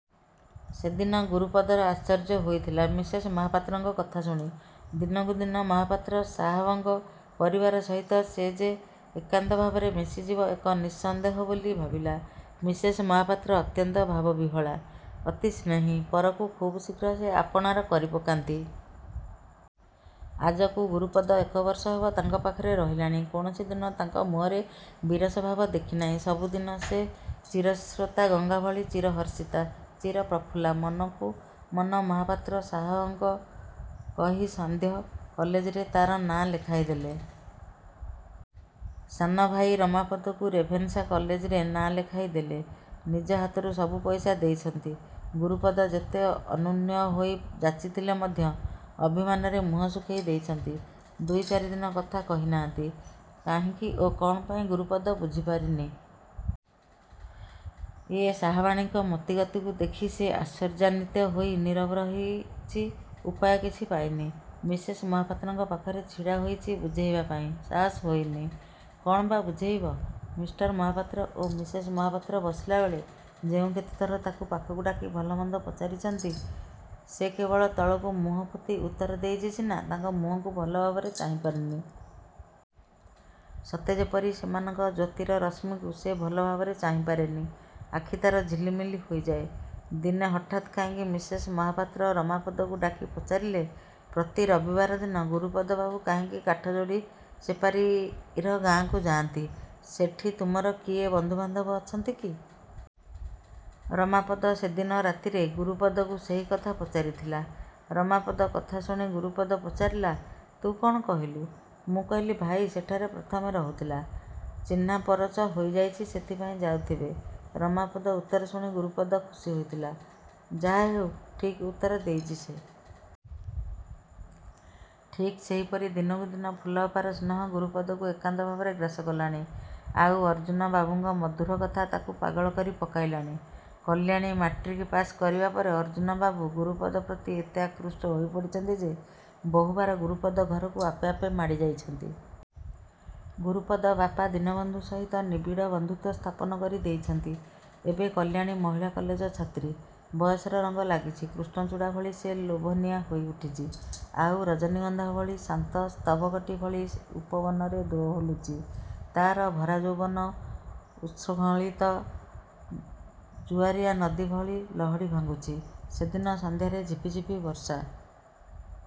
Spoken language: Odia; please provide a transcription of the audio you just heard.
ସେଦିନ ଗୁରୁପଦର ଆଶ୍ଚର୍ଯ୍ୟ ହୋଇଥିଲା ମିସେସ୍ ମହପାତ୍ରଙ୍କ କଥା ଶୁଣି। ଦିନକୁ ଦିନ ମହାପାତ୍ର ସାହାବଙ୍କ ପରିବାର ସହିତ ସେ ଯେ ଏକାନ୍ତ ଭାବରେ ମିଶିଯିବ ଏକ ନିଃସନ୍ଦେହ ବୋଲି ଭାବିଲା। ମିସେସ୍ ମହାପାତ୍ର ଅତ୍ୟନ୍ତ ଭାବବିହ୍ୱଳା। ଅତି ସ୍ନେହୀ ପରକୁ ଖୁବ୍ ଶୀଘ୍ର ସେ ଆପଣାର କରି ପକାନ୍ତି। ଆଜକୁ ଗୁରୁପଦ ଏକ ବର୍ଷ ହେବ ତାଙ୍କ ପାଖରେ ରହିଲାଣି। କୌଣସି ଦିନ ତାଙ୍କ ମୁହଁରେ ବିରସ ଭାବ ଦେଖି ନାହିଁ। ସବୁଦିନ ସେ ଚିର ସ୍ରୋତା ଗଙ୍ଗାଭଳି ଚିର ହର୍ଷିତା, ଚିର ପ୍ରଫୁଲ୍ଲା। ମନକୁ ମନ ମହାପାତ୍ର ସାହାବଙ୍କୁ କହି ସାନ୍ଧ୍ୟ। କଲେଜରେ ତା'ର ନାଁ ଲେଖାଇ ଦେଲେ। ସାନ ଭାଇ ରମାପଦକୁ ରେଭେନ୍ସା କଲେଜରେ ନାଁ ଲେଖାଇ ଦେଲେ। ନିଜ ହାତରୁ ସବୁ ପଇସା ଦେଇଛନ୍ତି। ଗୁରୁପଦ ଯେତେ ଅନୁନ୍ୱୟ ହୋଇ ଯାଚିଥିଲେ ମଧ୍ୟ ଅଭିମାନରେ ମୁହଁ ଶୁଖେଇ ଦେଇଛନ୍ତି। ଦୁଇ ଚାରି ଦିନ କଥା କହି ନାହାନ୍ତି। କାହିଁକି ଓ କ'ଣ ପାଇଁ ଗୁରୁପଦ ବୁଝିପାରିନି। ଏ ସାହାବାଣୀଙ୍କ ମତିଗତିକୁ ଦେଖି ସେ ଆଶ୍ଚର୍ଯ୍ୟାନ୍ୱିତ ହୋଇ ନୀରବ ରହିଛି ଉପାୟ କିଛି ପାଇନି। ମିସେସ୍ ମହାପାତ୍ରଙ୍କ ପାଖରେ ଛିଡ଼ା ହୋଇଛି ବୁଝେଇବା ପାଇଁ। ସାହସ ହୋଇନି। କ'ଣ ବା ବୁଝେଇବ। ମିଷ୍ଟର ମହାପାତ୍ର ଓ ମିସେସ୍ ମହାପାତ୍ର ବସିଲାବେଳେ ଯେଉଁ କେତେଥର ତା'କୁ ପାଖକୁ ଡାକି ଭଲ ମନ୍ଦ ପଚାରିଛନ୍ତି, ସେ କେବଳ ତଳକୁ ମୁହଁ ପୋତି ଉତ୍ତର ଦେଇଛି ସିନା ତାଙ୍କ ମୁହଁକୁ ଭଲ ଭାବରେ ଚାହିଁ ପାରିନି। ସତେ ଯେପରି ସେମାନଙ୍କ ଜ୍ୟୋତିର ରଶ୍ମୀକୁ ସେ ଭଲ ଭାବରେ ଚାହିଁ ପାରେନି। ଆଖି ତା'ର ଝିଲି ମିଲି ହୋଇଯାଏ। ଦିନେ ହଠାତ୍ କାହିଁକି ମିସେସ୍ ମହାପାତ୍ର ରମାପଦକୁ ଡାକି ପଚାରିଲେ–ପ୍ରତି ରବିବାର ଦିନ ଗୁରୁପଦ ବାବୁ କାହିଁକି କାଠଯୋଡ଼ି ସେପାରିର ଗାଁକୁ ଯାଆନ୍ତି; ସେଠି ତୁମର କିଏ ବନ୍ଧୁବାନ୍ଧବ ଅଛନ୍ତି କି? ରମାପଦ ସେଦିନ ରାତିରେ ଗୁରୁପଦକୁ ସେହି କଥା ପଚାରି ଥିଲା। ରମାପଦ କଥା ଶୁଣି ଗୁରୁପଦ ପଚାରିଲା–ତୁ କ'ଣ କହିଲୁ? ମୁଁ କହିଲି, ଭାଇ ସେଠାରେ ପ୍ରଥମେ ରହୁଥିଲା। ଚିହ୍ନାପରଚ ହୋଇଯାଇଛି ସେଥିପାଇଁ ଯାଉଥିବେ। ରମାପଦ ଉତ୍ତର ଶୁଣି ଗୁରୁପଦ ଖୁସି ହୋଇଥିଲା। ଯାହାହେଉ ଠିକ୍ ଉତ୍ତର ଦେଇଛି ସେ। ଠିକ୍ ସେହିପରି ଦିନକୁ ଦିନ ଫୁଲଅପାର ସ୍ନେହ ଗୁରୁପଦକୁ ଏକାନ୍ତ ଭାବରେ ଗ୍ରାସ କଲାଣି। ଆଉ ଅର୍ଜ୍ଜୁନବାବୁଙ୍କ ମଧୁର କଥା ତା'କୁ ପାଗଳ କରି ପକାଇଲାଣି। କଲ୍ୟାଣୀ ମାଟ୍ରିକ୍ ପାସ୍ କରିବା ପରେ ଅର୍ଜ୍ଜୁନବାବୁ ଗୁରୁପଦ ପ୍ରତି ଏତେ ଆକୃଷ୍ଟ ହୋଇ ପଡ଼ିଛନ୍ତି ଯେ ବହୁବାର ଗୁରୁପଦ ଘରକୁ ଆପେ ଆପେ ମାଡ଼ି ଯାଇଛନ୍ତି। ଗୁରୁପଦ ବାପା ଦୀନବନ୍ଧୁ ସହିତ ନିବିଡ଼ ବନ୍ଧୁତ୍ୱ ସ୍ଥାପନ କରି ଦେଇଛନ୍ତି। ଏବେ କଲ୍ୟାଣୀ ମହିଳା କଲେଜ ଛାତ୍ରୀ। ବୟସର ରଙ୍ଗ ଲାଗିଛି। କୃଷ୍ଣଚୂଡ଼ା ଭଳି ସେ ଲୋଭନୀୟା ହୋଇ ଉଠିଛି। ଆଉ ରଜନୀଗନ୍ଧା ଭଳି ଶାନ୍ତ ସ୍ତବକଟି ଭଳି ଉପବନରେ ଦୋହଲୁଛି। ତା'ର ଭରା ଯୌବନ ଉତ୍ଶୃଙ୍ଖଳିତ ଜୁଆରିଆ ନଦୀ ଭଳି ଲହଡ଼ି ଭାଙ୍ଗୁଛି। ସେଦିନ ସନ୍ଧ୍ୟାରେ ଝିପିଝିପି ବର୍ଷା